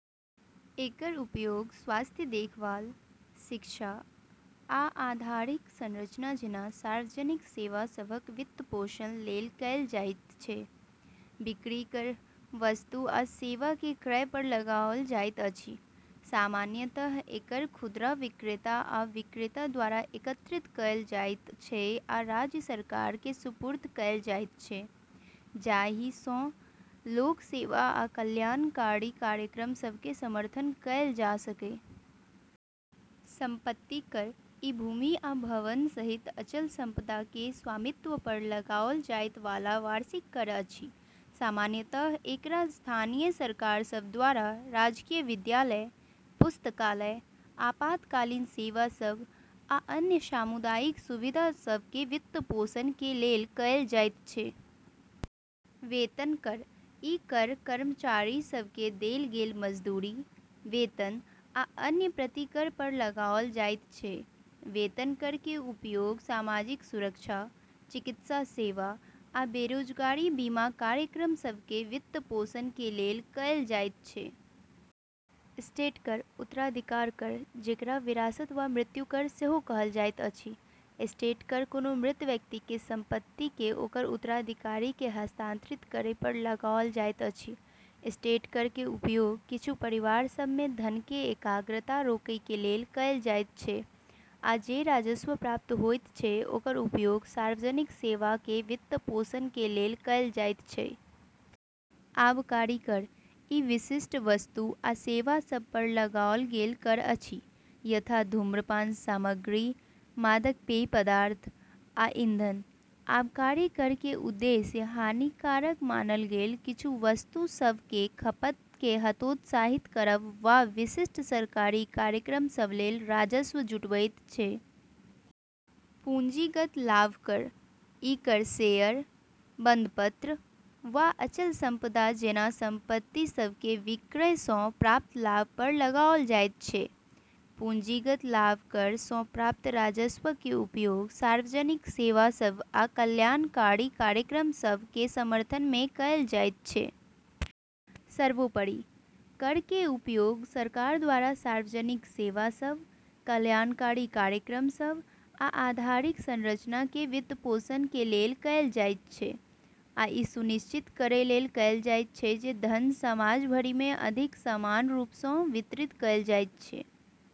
एकर उपयोग स्वास्थ्य देखभाल, शिक्षा, आ आधारिक संरचना जेना सार्वजनिक सेवा सभक वित्तपोषण लेल कएल जाइत छै। बिक्री कर: वस्तु आ सेवा के क्रय पर लगाओल जाइत अछि, सामान्यतः एकरा खुदरा विक्रेता आ विक्रेता द्वारा एकत्रित कएल जाइत छै आ राज्य सरकार के सुपुर्द कएल जाइत छै, जाहि सँ लोक सेवा आ कल्याणकारी कार्यक्रम सभ के समर्थन कएल जा सकय। संपत्ति कर: ई भूमि आ भवन सहित अचल संपदा के स्वामित्व पर लगाओल जाइत वाला वार्षिक कर अछि। सामान्यतः एकरा स्थानीय सरकार सभ द्वारा राजकीय विद्यालय, पुस्तकालय, आपातकालीन सेवा सभ, आ अन्य सामुदायिक सुविधा सभ के वित्तपोषण के लेल कएल जाइत छै। वेतन कर: ई कर कर्मचारी सभ के देल गेल मजदूरी, वेतन, आ अन्य प्रतिकर पर लगाओल जाइत छै। वेतन कर के उपयोग सामाजिक सुरक्षा, चिकित्सा सेवा, आ बेरोजगारी बीमा कार्यक्रम सभ के वित्तपोषण के लेल कएल जाइत छै। एस्टेट कर (उत्तराधिकार कर): जेकरा विरासत वा मृत्यु कर सेहो कहल जाइत अछि, एस्टेट कर कोनो मृत व्यक्ति के संपत्ति के ओकर उत्तराधिकारी के हस्तांतरित करय पर लगाओल जाइत अछि। एस्टेट कर के उपयोग किछु परिवार सभ में धन के एकाग्रता रोकय के लेल कएल जाइत छै, आ जे राजस्व प्राप्त होइत छै ओकर उपयोग सार्वजनिक सेवा के वित्तपोषण के लेल कएल जाइत छै। आबकारी कर: ई विशिष्ट वस्तु आ सेवा सभ पर लगाओल गेल कर अछि, यथा धूम्रपान सामग्री, मादक पेय पदार्थ, आ ईंधन। आबकारी कर के उद्देश्य हानिकारक मानल गेल किछु वस्तु सभ के खपत के हतोत्साहित करब वा विशिष्ट सरकारी कार्यक्रम सभ लेल राजस्व जुटबैत छै। पूंजीगत लाभ कर: ई कर शेयर, बंधपत्र, वा अचल संपदा जेना संपत्ति सभ के विक्रय सँ प्राप्त लाभ पर लगाओल जाइत छै। पूंजीगत लाभ कर सँ प्राप्त राजस्व के उपयोग सार्वजनिक सेवा सभ आ कल्याणकारी कार्यक्रम सभ के समर्थन में कएल जाइत छै। सर्वोपरि, कर के उपयोग सरकार द्वारा सार्वजनिक सेवा सभ, कल्याणकारी कार्यक्रम सभ, आ आधारिक संरचना के वित्तपोषण के लेल कएल जाइत छै, आ ई सुनिश्चित करय लेल कएल जाइत छै जे धन समाज भरिमे अधिक समान रूप सँ वितरित कयल जाइत छै।